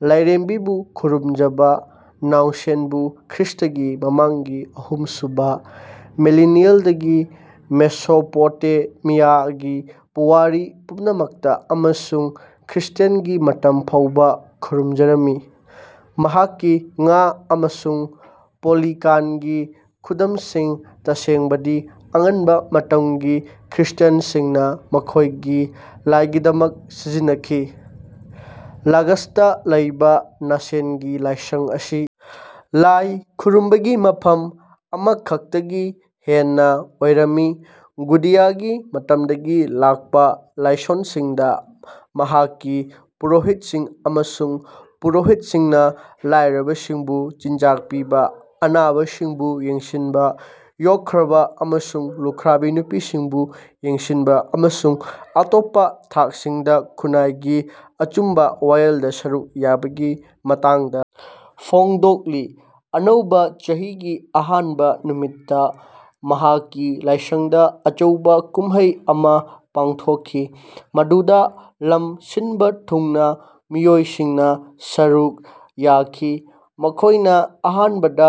ꯂꯥꯏꯔꯦꯝꯕꯤꯕꯨ ꯈꯨꯔꯨꯝꯖꯕ ꯅꯥꯟꯁꯦꯕꯨ ꯈ꯭ꯔꯤꯁ꯭ꯇꯒꯤ ꯃꯃꯥꯡꯒꯤ ꯑꯍꯨꯝ ꯁꯨꯕ ꯃꯤꯂꯦꯅꯤꯌꯝꯗꯒꯤ ꯃꯦꯁꯣꯄꯣꯇꯦꯃꯤꯌꯥꯒꯤ ꯄꯨꯋꯥꯔꯤ ꯄꯨꯝꯅꯃꯛꯇ ꯑꯃꯁꯨꯡ ꯈ꯭ꯔꯤꯁ꯭ꯇ꯭ꯌꯥꯟꯒꯤ ꯃꯇꯝ ꯐꯥꯎꯕ ꯈꯨꯔꯨꯝꯖꯔꯝꯃꯤ꯫ ꯃꯍꯥꯛꯀꯤ ꯉꯥ ꯑꯃꯁꯨꯡ ꯄꯦꯂꯤꯀꯥꯟꯒꯤ ꯈꯨꯗꯝꯁꯤꯡ ꯇꯁꯦꯡꯕꯗꯤ ꯑꯉꯟꯕ ꯃꯇꯝꯒꯤ ꯈ꯭ꯔꯤꯁ꯭ꯇ꯭ꯌꯥꯟꯁꯤꯡꯅ ꯃꯈꯣꯏꯒꯤ ꯂꯥꯏꯒꯤꯗꯃꯛ ꯁꯤꯖꯤꯟꯅꯈꯤ꯫ ꯂꯒꯥꯁꯇ ꯂꯩꯕ ꯅꯥꯟꯁꯦꯒꯤ ꯂꯥꯏꯁꯪ ꯑꯁꯤ ꯂꯥꯏ ꯈꯨꯔꯨꯝꯕꯒꯤ ꯃꯐꯝ ꯑꯃꯈꯛꯇꯗꯒꯤ ꯍꯦꯟꯅ ꯑꯣꯏꯔꯝꯃꯤ꯫ ꯒꯨꯗꯤꯌꯥꯒꯤ ꯃꯇꯝꯗꯒꯤ ꯂꯥꯛꯄ ꯂꯥꯏꯁꯣꯟꯁꯤꯡꯗ ꯃꯍꯥꯛꯀꯤ ꯄꯨꯔꯣꯍꯤꯠꯁꯤꯡ ꯑꯃꯁꯨꯡ ꯄꯨꯔꯣꯍꯤꯠꯁꯤꯡꯅ ꯂꯥꯏꯔꯕꯁꯤꯡꯕꯨ ꯆꯤꯟꯖꯥꯛ ꯄꯤꯕ ꯑꯅꯥꯕꯁꯤꯡꯕꯨ ꯌꯦꯡꯁꯤꯟꯕ ꯌꯣꯛꯈ꯭ꯔꯕ ꯑꯃꯁꯨꯡ ꯂꯨꯈ꯭ꯔꯥꯕꯤ ꯅꯨꯄꯤꯁꯤꯡꯕꯨ ꯌꯦꯡꯁꯤꯟꯕ ꯑꯃꯁꯨꯡ ꯑꯇꯣꯞꯄ ꯊꯥꯛꯁꯤꯡꯗ ꯈꯨꯟꯅꯥꯏꯒꯤ ꯑꯆꯨꯝꯕ ꯋꯥꯌꯦꯜꯗ ꯁꯔꯨꯛ ꯌꯥꯕꯒꯤ ꯃꯇꯥꯡꯗ ꯐꯣꯡꯗꯣꯛꯂꯤ꯫ ꯑꯅꯧꯕ ꯆꯍꯤꯒꯤ ꯑꯍꯥꯟꯕ ꯅꯨꯃꯤꯠꯇ ꯃꯍꯥꯛꯀꯤ ꯂꯥꯏꯁꯪꯗ ꯑꯆꯧꯕ ꯀꯨꯝꯍꯩ ꯑꯃ ꯄꯥꯡꯊꯣꯛꯈꯤ ꯃꯗꯨꯗ ꯂꯝ ꯁꯤꯟꯕ ꯊꯨꯡꯅ ꯃꯤꯑꯣꯏꯁꯤꯡꯅ ꯁꯔꯨꯛ ꯌꯥꯈꯤ꯫ ꯃꯈꯣꯏꯅ ꯑꯍꯥꯟꯕꯗ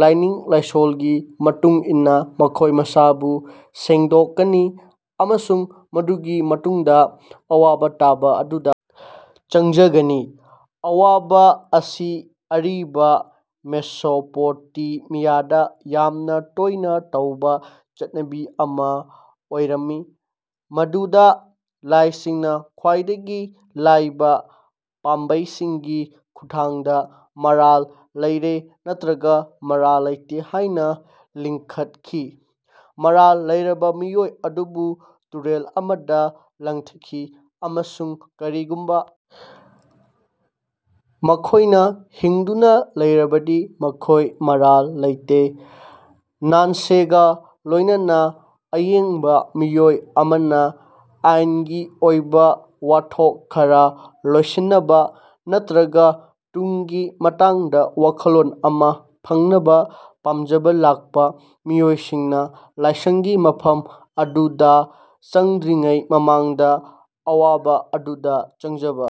ꯂꯥꯏꯅꯤꯡ ꯂꯥꯏꯁꯣꯜꯒꯤ ꯃꯇꯨꯡ ꯏꯟꯅ ꯃꯈꯣꯏ ꯃꯁꯥꯕꯨ ꯁꯦꯡꯗꯣꯛꯀꯅꯤ ꯑꯃꯁꯨꯡ ꯃꯗꯨꯒꯤ ꯃꯇꯨꯡꯗ ꯑꯋꯥꯕ ꯇꯥꯕ ꯑꯗꯨꯗ ꯆꯪꯖꯒꯅꯤ꯫ ꯑꯋꯥꯕ ꯑꯁꯤ ꯑꯔꯤꯕ ꯃꯦꯁꯣꯄꯣꯇꯦꯃꯤꯌꯥꯗ ꯌꯥꯝꯅ ꯇꯣꯏꯅ ꯇꯧꯕ ꯆꯠꯅꯕꯤ ꯑꯃ ꯑꯣꯏꯔꯝꯃꯤ ꯃꯗꯨꯗ ꯂꯥꯏꯁꯤꯡꯅ ꯈ꯭ꯋꯥꯏꯗꯒꯤ ꯂꯥꯏꯕ ꯄꯥꯝꯕꯩꯁꯤꯡꯒꯤ ꯈꯨꯠꯊꯥꯡꯗ ꯃꯔꯥꯜ ꯂꯩꯔꯦ ꯅꯠꯇ꯭ꯔꯒ ꯃꯔꯥꯜ ꯂꯩꯇꯦ ꯍꯥꯏꯅ ꯂꯤꯡꯈꯠꯈꯤ ꯃꯔꯥꯜ ꯂꯩꯔꯕ ꯃꯤꯑꯣꯏ ꯑꯗꯨꯕꯨ ꯇꯨꯔꯦꯜ ꯑꯃꯗ ꯂꯪꯊꯈꯤ ꯑꯃꯁꯨꯡ ꯀꯔꯤꯒꯨꯝꯕ ꯃꯈꯣꯏꯅ ꯍꯤꯡꯗꯨꯅ ꯂꯩꯔꯕꯗꯤ ꯃꯈꯣꯏ ꯃꯔꯥꯜ ꯂꯩꯇꯦ꯫ ꯅꯥꯟꯁꯦꯒ ꯂꯣꯏꯅꯅ ꯑꯌꯦꯡꯕ ꯃꯤꯑꯣꯏ ꯑꯃꯅ ꯑꯥꯏꯟꯒꯤ ꯑꯣꯏꯕ ꯋꯥꯊꯣꯛ ꯈꯔ ꯂꯣꯏꯁꯤꯟꯅꯕ ꯅꯠꯇ꯭ꯔꯒ ꯇꯨꯡꯒꯤ ꯃꯇꯥꯡꯗ ꯋꯥꯈꯜꯂꯣꯟ ꯑꯃ ꯐꯪꯅꯕ ꯄꯥꯝꯖꯕ ꯂꯥꯛꯄ ꯃꯤꯑꯣꯏꯁꯤꯡꯅ ꯂꯥꯏꯁꯪꯒꯤ ꯃꯐꯝ ꯑꯗꯨꯗ ꯆꯪꯗ꯭ꯔꯤꯉꯩ ꯃꯃꯥꯡꯗ ꯑꯋꯥꯕ ꯑꯗꯨꯗ ꯆꯪꯖꯕ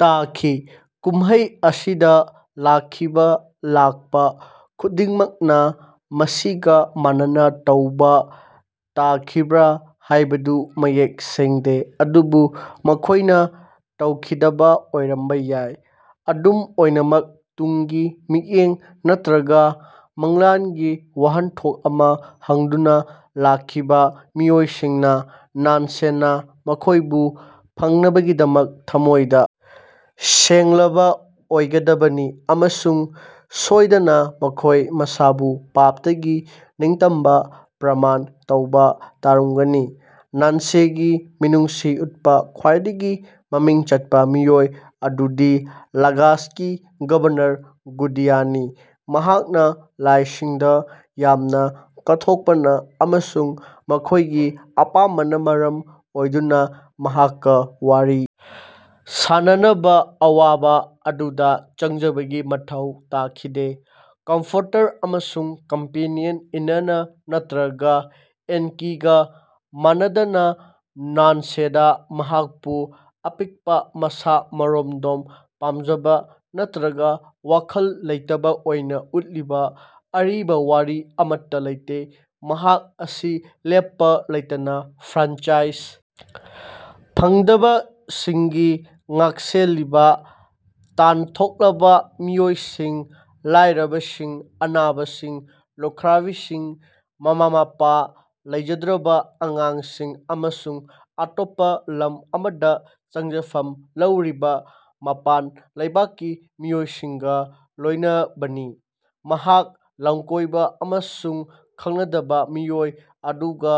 ꯇꯥꯈꯤ꯫ ꯀꯨꯝꯃꯩ ꯑꯁꯤꯗ ꯂꯥꯛꯈꯤꯕ ꯂꯥꯛꯄ ꯈꯨꯗꯤꯡꯃꯛꯅ ꯃꯁꯤꯒ ꯃꯥꯟꯅꯅ ꯇꯧꯕ ꯇꯥꯈꯤꯕ꯭ꯔꯥ ꯍꯥꯏꯕꯗꯨ ꯃꯌꯦꯛ ꯁꯦꯡꯗꯦ ꯑꯗꯨꯕꯨ ꯃꯈꯣꯏꯅ ꯇꯧꯈꯤꯗꯕ ꯑꯣꯏꯔꯝꯕ ꯌꯥꯏ꯫ ꯑꯗꯨꯝ ꯑꯣꯏꯅꯃꯛ ꯇꯨꯡꯒꯤ ꯃꯤꯠꯌꯦꯡ ꯅꯠꯇ꯭ꯔꯒ ꯃꯪꯂꯥꯟꯒꯤ ꯋꯥꯍꯟꯊꯣꯛ ꯑꯃ ꯍꯪꯗꯨꯅ ꯂꯥꯛꯈꯤꯕ ꯃꯤꯑꯣꯏꯁꯤꯡꯅ ꯅꯥꯟꯁꯦꯅ ꯃꯈꯣꯏꯕꯨ ꯐꯪꯅꯕꯒꯤꯗꯃꯛ ꯊꯃꯣꯏꯗ ꯁꯦꯡꯂꯕ ꯑꯣꯏꯒꯗꯕꯅꯤ ꯑꯃꯁꯨꯡ ꯁꯣꯏꯗꯅ ꯃꯈꯣꯏ ꯃꯁꯥꯕꯨ ꯄꯥꯞꯇꯒꯤ ꯅꯤꯡꯇꯝꯕ ꯄ꯭ꯔꯃꯥꯟ ꯇꯧꯕ ꯇꯥꯔꯝꯒꯅꯤ꯫ ꯅꯥꯟꯁꯦꯒꯤ ꯃꯤꯅꯨꯡꯁꯤ ꯎꯠꯄ ꯈ꯭ꯋꯥꯏꯗꯒꯤ ꯃꯃꯤꯡ ꯆꯠꯄ ꯃꯤꯑꯣꯏ ꯑꯗꯨꯗꯤ ꯂꯒꯥꯁꯀꯤ ꯒꯕꯔꯅꯔ ꯒꯨꯗꯤꯌꯥꯅꯤ ꯃꯍꯥꯛꯅ ꯂꯥꯏꯁꯤꯡꯗ ꯌꯥꯝꯅ ꯀꯠꯊꯣꯛꯄꯅ ꯑꯃꯁꯨꯡ ꯃꯈꯣꯏꯒꯤ ꯑꯄꯥꯝꯕꯅ ꯃꯔꯝ ꯑꯣꯏꯗꯨꯅ ꯃꯍꯥꯛꯀ ꯋꯥꯔꯤ ꯁꯥꯅꯅꯕ ꯑꯋꯥꯕ ꯑꯗꯨꯗ ꯆꯪꯖꯕꯒꯤ ꯃꯊꯧ ꯇꯥꯈꯤꯗꯦ꯫ ꯀꯝꯐꯣꯔꯇꯔ ꯑꯃꯁꯨꯡ ꯀꯝꯄꯦꯅꯤꯌꯟ ꯏꯅꯥꯅꯥ ꯅꯠꯇ꯭ꯔꯒ ꯑꯦꯟꯀꯤꯒ ꯃꯥꯟꯅꯗꯅ ꯅꯥꯟꯁꯦꯗ ꯃꯍꯥꯛꯄꯨ ꯑꯄꯤꯛꯄ ꯃꯁꯥ ꯃꯔꯣꯝꯗꯣꯝ ꯄꯥꯝꯖꯕ ꯅꯠꯇ꯭ꯔꯒ ꯋꯥꯈꯜ ꯂꯩꯇꯕ ꯑꯣꯏꯅ ꯎꯠꯂꯤꯕ ꯑꯔꯤꯕ ꯋꯥꯔꯤ ꯑꯃꯠꯇ ꯂꯩꯇꯦ꯫ ꯃꯍꯥꯛ ꯑꯁꯤ ꯂꯦꯞꯄ ꯂꯩꯇꯅ ꯐ꯭ꯔꯥꯟꯆꯥꯏꯖ ꯐꯪꯗꯕꯁꯤꯡꯒꯤ ꯉꯥꯛꯁꯦꯜꯂꯤꯕ ꯇꯥꯟꯊꯣꯛꯂꯕ ꯃꯤꯑꯣꯏꯁꯤꯡ ꯂꯥꯏꯔꯕꯁꯤꯡ ꯑꯅꯥꯕꯁꯤꯡ ꯂꯨꯈ꯭ꯔꯥꯕꯤꯁꯤꯡ ꯃꯃꯥ ꯃꯄꯥ ꯂꯩꯖꯗ꯭ꯔꯕ ꯑꯉꯥꯡꯁꯤꯡ ꯑꯃꯁꯨꯡ ꯑꯇꯣꯞꯄ ꯂꯝ ꯑꯃꯗ ꯆꯪꯖꯐꯝ ꯂꯧꯔꯤꯕ ꯃꯄꯥꯟ ꯂꯩꯕꯥꯛꯀꯤ ꯃꯤꯑꯣꯏꯁꯤꯡꯒ ꯂꯣꯏꯅꯕꯅꯤ꯫ ꯃꯍꯥꯛ ꯂꯝꯀꯣꯏꯕ ꯑꯃꯁꯨꯡ ꯈꯪꯅꯗꯕ ꯃꯤꯑꯣꯏ ꯑꯗꯨꯒ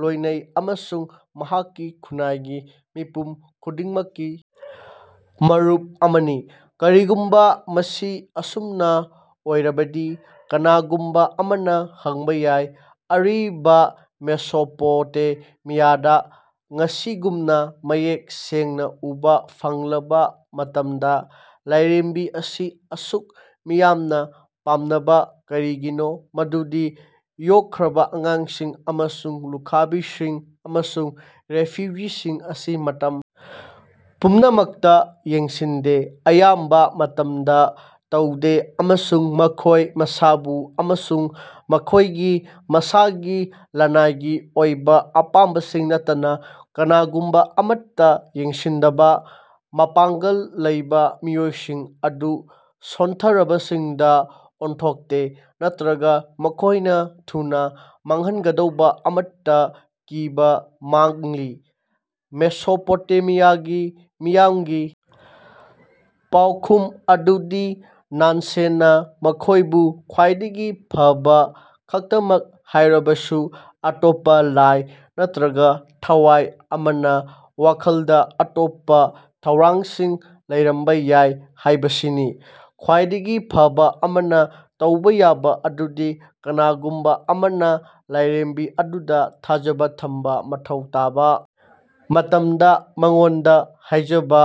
ꯂꯣꯏꯅꯩ ꯑꯃꯁꯨꯡ ꯃꯍꯥꯛꯀꯤ ꯈꯨꯟꯅꯥꯏꯒꯤ ꯃꯤꯄꯨꯝ ꯈꯨꯗꯤꯡꯃꯛꯀꯤ ꯃꯔꯨꯞ ꯑꯃꯅꯤ꯫ ꯀꯔꯤꯒꯨꯝꯕ ꯃꯁꯤ ꯑꯁꯨꯝꯅ ꯑꯣꯏꯔꯕꯗꯤ ꯀꯅꯥꯒꯨꯝꯕ ꯑꯃꯅ ꯍꯪꯕ ꯌꯥꯏ ꯑꯔꯤꯕ ꯃꯦꯁꯣꯄꯣꯇꯦꯃꯤꯌꯥꯗ ꯉꯁꯤꯒꯨꯝꯅ ꯃꯌꯦꯛ ꯁꯦꯡꯅ ꯎꯕ ꯐꯪꯂꯕ ꯃꯇꯝꯗ ꯂꯥꯏꯔꯦꯝꯕꯤ ꯑꯁꯤ ꯑꯁꯨꯛ ꯃꯤꯌꯥꯝꯅ ꯄꯥꯝꯅꯕ ꯀꯔꯤꯒꯤꯅꯣ ꯃꯗꯨꯗꯤ ꯌꯣꯛꯈ꯭ꯔꯕ ꯑꯉꯥꯡꯁꯤꯡ ꯑꯃꯁꯨꯡ ꯂꯨꯈ꯭ꯔꯥꯕꯤꯁꯤꯡ ꯑꯃꯁꯨꯡ ꯔꯦꯐ꯭ꯌꯨꯖꯤꯁꯤꯡ ꯑꯁꯤ ꯃꯇꯝ ꯄꯨꯝꯅꯃꯛꯇ ꯌꯦꯡꯁꯤꯟꯗꯦ ꯑꯌꯥꯝꯕ ꯃꯇꯝꯗ ꯇꯧꯗꯦ ꯑꯃꯁꯨꯡ ꯃꯈꯣꯏ ꯃꯁꯥꯕꯨ ꯑꯃꯁꯨꯡ ꯃꯈꯣꯏꯒꯤ ꯃꯁꯥꯒꯤ ꯂꯅꯥꯏꯒꯤ ꯑꯣꯏꯕ ꯑꯄꯥꯝꯕꯁꯤꯡ ꯅꯠꯇꯅ ꯀꯅꯥꯒꯨꯝꯕ ꯑꯃꯠꯇ ꯌꯦꯡꯁꯤꯟꯗꯕ ꯃꯄꯥꯡꯒꯜ ꯂꯩꯕ ꯃꯤꯑꯣꯏꯁꯤꯡ ꯑꯗꯨ ꯁꯣꯟꯊꯔꯕꯁꯤꯡꯗ ꯑꯣꯟꯊꯣꯛꯇꯦ ꯅꯠꯇ꯭ꯔꯒ ꯃꯈꯣꯏꯅ ꯊꯨꯅ ꯃꯥꯡꯍꯟꯒꯗꯧꯕ ꯑꯃꯠꯇ ꯀꯤꯕ ꯃꯥꯜꯂꯤ꯫ ꯃꯦꯁꯣꯄꯣꯇꯦꯃꯤꯌꯥꯒꯤ ꯃꯤꯌꯥꯝꯒꯤ ꯄꯥꯎꯈꯨꯝ ꯑꯗꯨꯗꯤ ꯅꯥꯟꯁꯦꯅ ꯃꯈꯣꯏꯕꯨ ꯈ꯭ꯋꯥꯏꯗꯒꯤ ꯐꯕ ꯈꯛꯇꯃꯛ ꯍꯥꯏꯔꯕꯁꯨ ꯑꯇꯣꯞꯄ ꯂꯥꯏ ꯅꯠꯇ꯭ꯔꯒ ꯊꯋꯥꯏ ꯑꯃꯅ ꯋꯥꯈꯜꯗ ꯑꯇꯣꯞꯄ ꯊꯧꯔꯥꯡꯁꯤꯡ ꯂꯩꯔꯝꯕ ꯌꯥꯏ ꯍꯥꯏꯕꯁꯤꯅꯤ꯫ ꯈ꯭ꯋꯥꯏꯗꯒꯤ ꯐꯕ ꯑꯃꯅ ꯇꯧꯕ ꯌꯥꯕ ꯑꯗꯨꯗꯤ ꯀꯅꯥꯒꯨꯝꯕ ꯑꯃꯅ ꯂꯥꯏꯔꯦꯝꯕꯤ ꯑꯗꯨꯗ ꯊꯥꯖꯕ ꯊꯝꯕ ꯃꯊꯧ ꯇꯥꯕ ꯃꯇꯝꯗ ꯃꯉꯣꯟꯗ ꯍꯥꯏꯖꯕ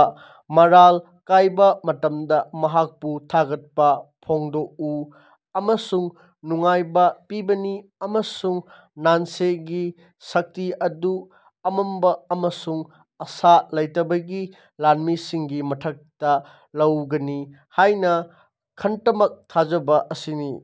ꯃꯔꯥꯡ ꯀꯥꯏꯕ ꯃꯇꯝꯗ ꯃꯍꯥꯛꯄꯨ ꯊꯥꯒꯠꯄ ꯐꯣꯡꯗꯣꯛꯎ ꯑꯃꯁꯨꯡ ꯅꯨꯡꯉꯥꯏꯕ ꯄꯤꯕꯅꯤ ꯑꯃꯁꯨꯡ ꯅꯥꯟꯁꯦꯒꯤ ꯁꯛꯇꯤ ꯑꯗꯨ ꯑꯃꯝꯕ ꯑꯃꯁꯨꯡ ꯑꯥꯁꯥ ꯂꯩꯇꯕꯒꯤ ꯂꯥꯟꯃꯤꯁꯤꯡꯒꯤ ꯃꯊꯛꯇ ꯂꯩꯒꯅꯤ ꯍꯥꯏꯅ ꯈꯛꯇꯃꯛ ꯊꯥꯖꯕ ꯑꯁꯤꯅꯤ꯫